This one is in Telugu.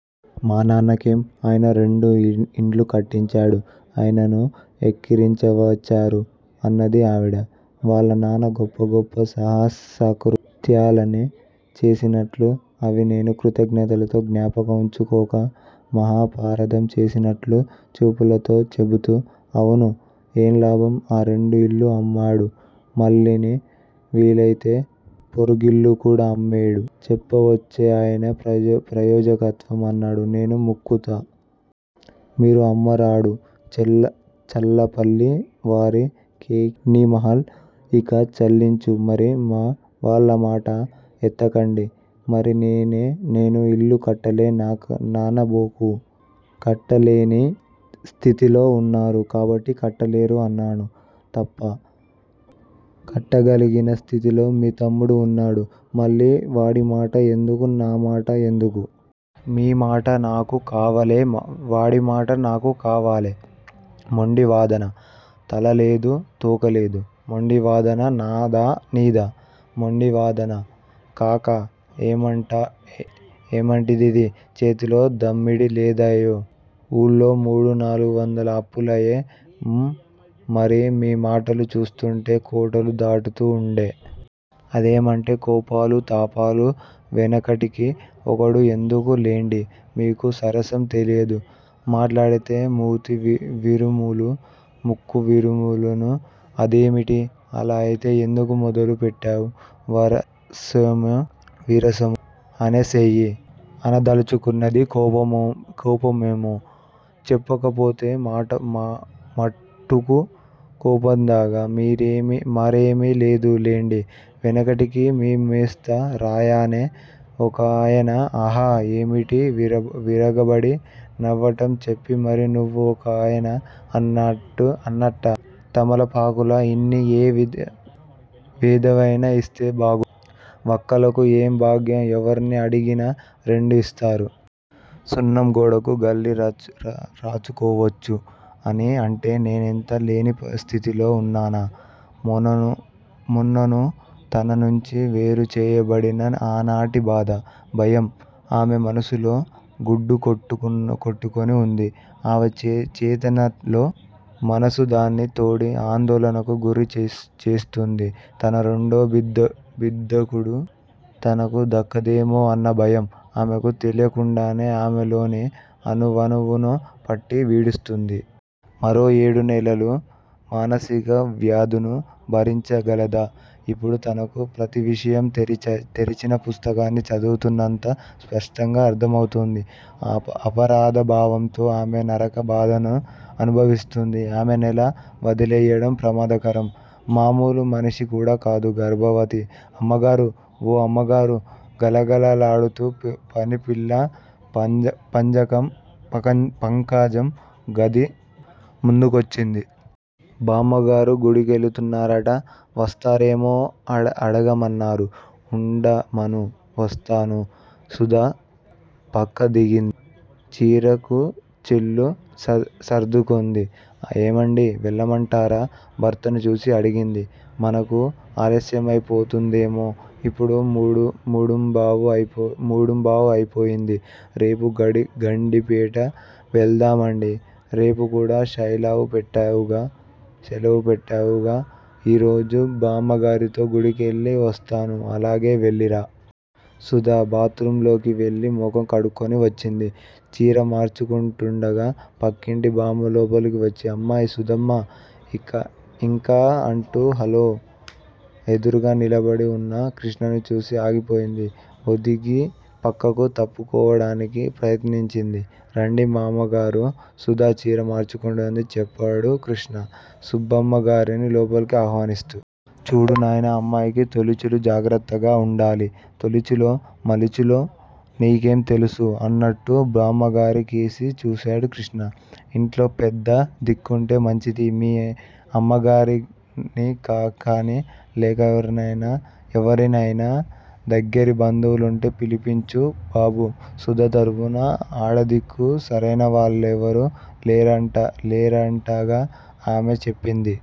మా నాన్న కేం, ఆయన రెండు ఇండ్లు కట్టించాడు. ఆయనను ఎక్కిరించవచ్చారు అన్నది ఆవిడ. వాళ్ళనాన్న గొప్ప గొప్ప సాహసకృత్యాలన్నీ చేసినట్లూ, అవి నేను కృతజ్ఞతతో జ్ఞాపకం ఉంచుకోక మహాపరాధం చేసినట్లూ, చూపులతో చెపుతూ. అవును. ఏం లాభం, ఆ రెండు ఇళ్ళూ అమ్మాడు మళ్ళీనీ వీలైతే పొరుగిల్లుకూడా అమ్మేడు, చెప్పొచ్చేవు ఆయన ప్రయోజకత్వం, అన్నాను నేను ముక్కుతూ. మీరు అమ్మరాడు చల్లపల్లి వారి కేకినీమహల్ ఇక చాలించు మరి మా వాళ్ళమాట ఎత్తకండి, మరి నేను ఇల్లు కట్టలే ననబోకు కట్టలేని స్థితిలో ఉన్నారు కాబట్టి కట్టలేరు అన్నాను. తప్పా! కట్టగలిగిన స్థితిలో మీ తమ్ముడు ఉన్నాడా? మళ్ళీ వాడిమాట ఎందుకూ నామాట ఎందుకూ? మీమాట నాకు కావాలె వాడిమాట నాకూ కావాలె మొండివాదన, తలాలేదు, తోకా లేదూ! మొండి వాదన నాదా నీదా? మొండివాదన కాక ఏమటండీ ఇదీ? చేతిలో దమ్మిడీ లేదాయె, ఊళ్ళో మూడు నాలుగు వందల అప్పులాయె, మ్, మరి మీ మాటలు చూస్తుంటే కోటలు దాటుతూ ఉండె. అదేమంటే కోపాలూ తాపాలూ, వెనకటికి ఒకడూ ఎందుకు లెండి, మీకు సరసం తెలియదు. మాట్లాడితే మూతివిరుపులూ ముక్కువిరుపులూనూ. అదేమిటి? అలా అయితే ఎందుకు మొదలు పెట్టావూ వరసమో విరసమో అనే సెయ్యి. అనదలచుకున్నది. కోపమేమో? చెప్పకపోతే మట్టుకు కోపంగాదా? మరేమి లేదు లెండి వెనకటికి మీ మోస్త రాయనే ఒకాయన ఆహా__ఏమిటా విరగబడి నవ్వటం చెప్పి మరీ నవ్వు ఒకాయన అన్నాట్టా తమలపాకులూ ఇన్ని ఏ వెధవైనా ఇస్తే బాగుండూ, వక్కలకు ఏం భాగ్యం ఎవర్ని అడిగినా, రెండు ఇస్తారు. సున్నం గోడకు గిల్లి రాచుకోవచ్చూ, అనీ అంటే నేనంత లేనిస్థితిలో ఉన్నానా! మోనోను తననుంచి వేరుచేయబడిన ఆనాటి బాధ, భయం, ఆమె మనసులో గూడుకట్టుకొని వుంది. అవచేతనలో మనసు దాన్ని తోడి ఆందోళనకు గురిచేస్తూంది. తన రెండో బిద్దకూడా తనకు దక్కదేమో అన్నభయం ఆమెకు తెలియకుండానే ఆమెలోని అణువణువునూ పట్టి పీడిస్తూంది. మరో ఏడునెలలు ఈ మానసిక వ్యధను భరించగలదా? ఇప్పుడు తనకు ప్రతివిషయం తెరిచిన పుస్తకాన్ని చదువుతున్నంత స్పష్టంగా అర్ధమౌతోంది. అపరాధ భావంతో ఆమె నరక బాధను అనుభవిస్తూంది. ఆమెనలా వదిలెయ్యడం ప్రమాదకరం. మామూలు మనిషి కూడా కాదు__గర్భవతి- అమ్మగారూ! ఓ అమ్మగారూ! గలగలలాడుతూ పనిపిల్ల పంకజం గదిముందుకొచ్చింది. బామ్మగారు గుడికెళుతున్నారట? వస్తారేమో అడగమన్నారు. ఉండమను వస్తాను. సుధ పక్క దిగింది. చీరకుచ్చెళ్ళు సర్దుకొంది. ఏమండీ వెళ్ళమంటారా? భర్తను చూసి అడిగింది. మనకు ఆలస్యమైపోతుందేమో? ఇప్పుడే మూడుంబావు అయిపోయింది. రేపు గండిపేట వెళదామండీ! రేపుకూడా శెలవు పెట్టారుగా? ఈరోజు బామ్మగారితో గుడికెళ్ళి వస్తాను. అలాగే వెళ్ళిరా! సుధ బాత్ రూమ్ లోకి వెళ్ళి ముఖం కడుక్కుని వచ్చింది. చీరమార్చుకుంటూండగా పక్కింటి బామ్మ లోపలకొచ్చింది. అమ్మాయ్__సుధమ్మా__ఇంకా అంటూ హాల్లో ఎదురుగా నిలబడి వున్న కృష్ణను చూసి ఆగిపోయింది. ఒదిగి పక్కకు తప్పుకోవడానికి ప్రయత్నించింది. రండి మామ్మగారూ! సుధ చీర మార్చుకుంటోంది చెప్పాడు కృష్ణ సుబ్బమ్మగారిని లోపలకు ఆహ్వానిస్తూ. చూడు నాయనా! అమ్మాయికి తొలిచూలు. జాగ్రత్తగ ఉండాలి. తొలిచూలో, మలిచూలో, నీకేం తెలుసు? అన్నట్టు బామ్మగారి కేసి చూశాడు కృష్ణ. ఇంట్లో పెద్ద దిక్కుంటే మంచిది. మీ అమ్మగారినికానీ, లేక ఎవరైనా దగ్గిర బంధువులుంటే పిలిపించు బాబూ. సుధ తరపున ఆడదిక్కు సరైనవాళ్ళెవరూ లేరటగా? ఆమే చెప్పింది.